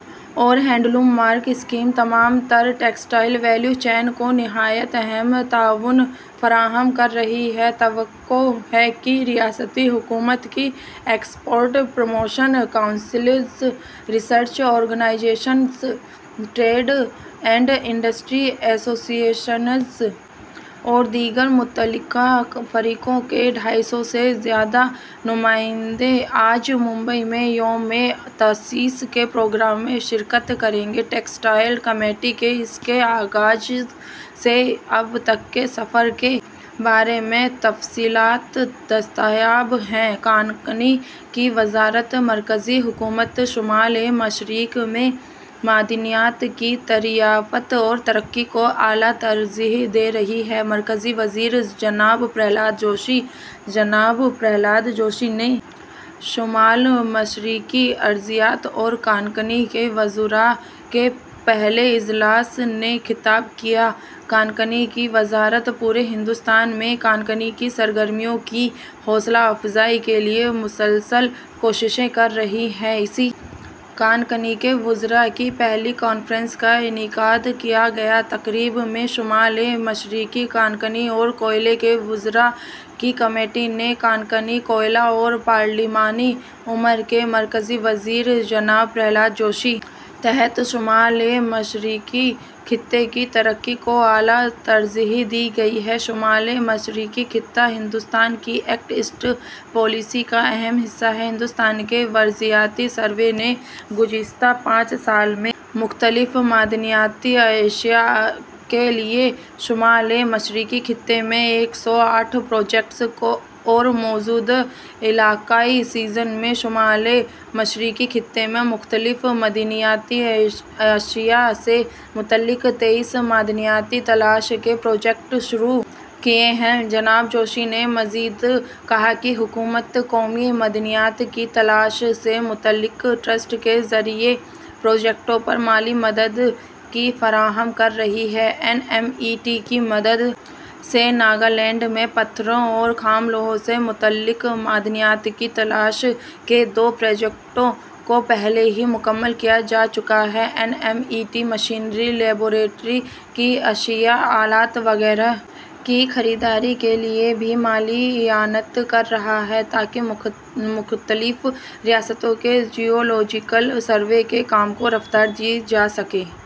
اور handloom mark scheme تمام تر ٹیکسٹائل ویلیو چین کو نہایت اہم تعاون فراہم کر رہی ہے توقع ہے کہ ریاستی حکومت کی export promotion councils research organisations trade and industry associations اور دیگر متعلقہ فریقوں کے ڈھائی سو سے زیادہ نمائندے آج ممبئی میں یوم تاسیس کے پروگرام میں شرکت کریں گے ٹیکسٹائل کمیٹی کے اس کے آغاز سے اب تک کے سفر کے بارے میں تفصیلات دستیاب ہیں کانکنی کی وزارت مرکزی حکومت شمال مشرق میں معدنیات کی دریافت اور ترقی کو اعلی ترجیح دے رہی ہے مرکزی وزیر جناب پرہلاد جوشی جناب پرہلاد جوشی نے شمال مشرقی ارضیات اور کانکنی کے وزرا کے پہلے اجلاس سے خطاب کیا کانکنی کی وزارت پورے ہندوستان میں کانکنی کی سرگرمیوں کی حوصلہ افزائی کے لیے مسلسل کوششیں کر رہی ہے اسی کانکنی کے وزرا کی پہلی کانفرنس کا انعقاد کیا گیا تقریب میں شمال مشرقی کانکنی اور کوئلے کے وزرا کی کمیٹی نے کانکنی کوئلہ اور پارلیمانی امور کے مرکزی وزیر جناب پرہلاد جوشی تحت شمال مشرقی خطے کی ترقی کو اعلی ترجیح دی گئی ہے شمال مشرقی خطہ ہندوستان کی ایکٹ ایسٹ پالیسی کا اہم حصہ ہے ہندوستان کے ارضیاتی سروے نے گزشتہ پانچ سال میں مختلف معدنیاتی اشیا کے لیے شمال مشرقی خطے میں ایک سو آٹھ پروجیکٹس اور موجودہ علاقائی سیزن میں شمال مشرقی خطے میں مختلف معدنیاتی اشیا سے متعلق تئیس معدنیاتی تلاش کے پروجیکٹس شروع کیے ہیں جناب جوشی نے مزید کہا کہ حکومت قومی معدنیات کی تلاش سے متعلق ٹرسٹ کے ذریعہ پروجیکٹوں پر مالی مدد بھی فراہم کر رہی ہے این ایم ای ٹی کی مدد سے ناگالینڈ میں پتھروں اور خام لوہا سے متعلق معدنیات کی تلاش کے دو پروجیکٹوں کو پہلے ہی مکمل کیا جا چکا ہے N M E T machinery laboratory کی اشیا آلات وغیرہ کی خریداری کے لیے بھی مالی اعانت کر رہا ہے تاکہ مختلف ریاستوں کے جیولوجیکل سروے کے کام کو رفتار دی جا سکے